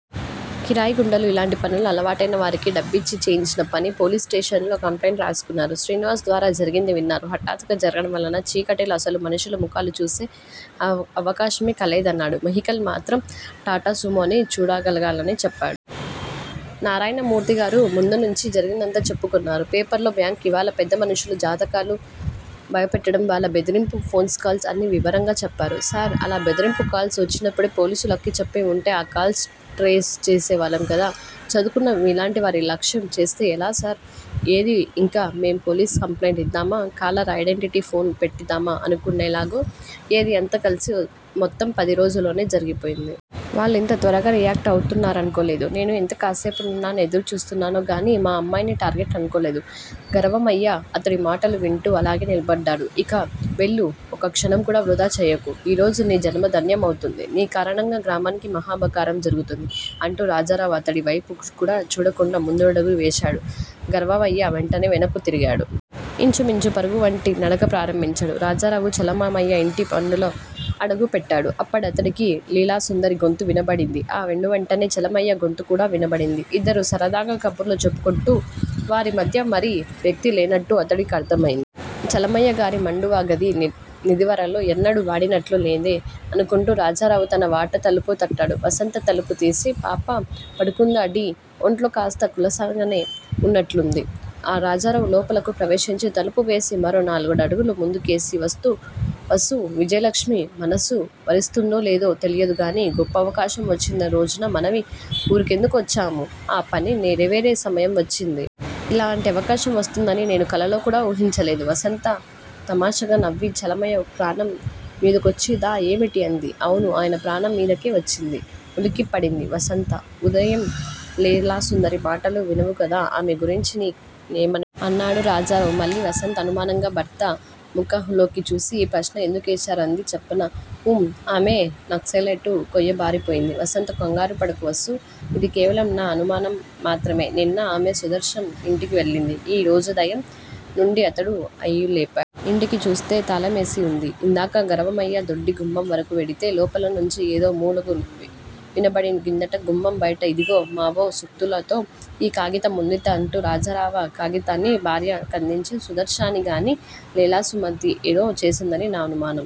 కిరాయిగూండాలు, ఇలాంటి పనులు అలవాటైన వారికి డబ్బిచ్చి చేయించిన పని. పోలీస్ స్టేషన్ లో కంప్లయింట్ రాసుకున్నారు. శ్రీనివాస్ ద్వారా జరిగింది విన్నారు. హఠాత్తుగా జరగడం వలన చీకటిలో అసలు మనుషుల ముఖాలు చూసే అవకాశమే కలగలేదన్నాడు. వెహికల్ మాత్రం టాటాసుమో అని చూడగలిగానని చెప్పాడు. నారాయణమూర్తిగారు ముందునించి జరిగిందంతా చెప్పుకొచ్చారు. పేపరులో బ్యాంక్ ఇవాళా, పెద్దమనుషుల జాతకాలు బయటపెట్టడం, వాళ్ళ బెదిరింపు ఫోన్ కాల్స్, అన్నీ వివరంగా చెప్పారు. సార్, అలా బెదిరింపు కాల్స్ వచ్చినప్పుడే పోలీసులకి చెప్పివుంటే ఆ కాల్స్ ట్రేస్ చేసేవాళ్ళం గదా చదువుకున్న మీలాంటివారే అలక్ష్యం చేస్తే ఎలా సార్ ఏదీ ఇంకా మేం పోలీస్ కంప్లైంట్ ఇద్దామా, కాలర్ ఐడెంటి ఫోన్ పెట్టిద్దామా అనుకునేలోగానే ఏదీ అంతా కల్సి మొత్తం పదిరోజులలోనే జరిగిపోయింది. వాళ్ళు ఇంత త్వరగా రియాక్ట్ అవుతారనుకోలేదు. నేను ఎంతసేపూ నన్నదో చేస్తారనుకున్నాను గాని మా అమ్మాయిని టార్గెట్ అనుకోలేదు. గరవయ్య అతడి మాటలు వింటూ అలాగే నిలబడ్డాడు. ఇక వెళ్ళు. ఒక్క క్షణం కూడా వృధా చేయకు. ఈ రోజు నీ జన్మ ధన్యమవుతోంది. నీ కారణంగా గ్రామానికి మహోపకారం జరిగుతోంది __ అంటూ రాజారావు అతడి వైపు కూడా చూడకుండా ముందడుగు వేశాడు గరవయ్య వెంటనే వెనక్కు తిరిగాడు. ఇంచుమించు పరుగువంటి నడక ప్రారంభించాడు. రాజారావు చలమయ్య ఇంటి మండువాలో అడుగు పెట్టాడు. అప్పడతడికి లీలాసుందరి గొంతు వినబడింది. ఆ వెనువెంటనే చలమయ్య గొంతు కూడా వినబడింది. ఇద్దరూ సరదాగా కబుర్లు చెప్పుకుంటున్నట్లూ __ వారి మధ్య మరో వ్యక్తి లేనట్లూ _ అతడి కర్దమయింది. చలమయ్యగారీ మండువా గది నిదివరలో ఎన్నడూ వాడినట్లు లేదే __ అనుకుంటూ రాజారావు తన వాటా తలుపు తట్టాడు. వసంత తలుపు తీసి __ పాపా పడుకుంద డీ __ ఒంట్లో కాస్త కులసగానే ఉన్నట్లుంది __ అంది. రాజారావు లోపలకు ప్రవేశించి తలుపు వేసి _ మరో నాలుగుడుగులు ముందుకువేసి __ వసూ _ విజయలక్ష్మి మనసు వరిస్తుందో లేదో తెలియదు కానీ __ గొప్ప అవకాశం పచ్చిందీరోజున మనమీ ఊరికెందు కొచ్చామో _ ఆ పని నెరవేరే సమయం వచ్చింది. ఇలాంటి అవకాశం వస్తుందని నేను కలలో కూడా ఊహించలేదు వసంత తమాషాగా నవ్వి __ చలమయ్యగారికి ప్రాణం మీదకొచ్చి దా ఏమిటి? ' అంది. అవును _ అయన ప్రాణం మీదకే వచ్చింది ఉలిక్కిపడింది వసంత. ఉఅదయం లేలాసుందరి మాటలు విన్నావుగదా __ ఆమె గురించి నీ కేమనిపించింది? ' అన్నాడు రాజారావు మళ్ళీ. వసంత అనుమానంగా భర్త ముకహ్మ్లోకి చూసి __ ఈ ప్రశ్న ఎందుకేశారు? అంది. చెప్పనా? ఊం. ఆమె నక్సలైటు కొయ్యబారిపోయింది వసంత. కంగారుపడకు వసూ! ఇది కేవలం న అనుమానం మాత్రమె నిన్న ఆమె సుదర్శనం ఇంటికి వెళ్ళింది. ఈ రోజుదయం నుండీ అతడు అయిపులేడు. ఇంటికిచూస్తే తాళమేసి ఉంది. ఇందాకా గరవయ్య దొడ్డిగుమ్మం. వరకూ వెడితే _ లోపల్నుంచి ఏదో మూలుగు వినబడిందట. గుమ్మం బయట _ ఇదిగో _ మావో సూక్తులతో ఈ కాగితముందిట _ అంటూ రాజరావా కాగితాన్ని భార్య కదించి __ సుదర్శనం నాన్ని లేలాసుమ్దరి ఏదో చేసిందని నా అనుమానం.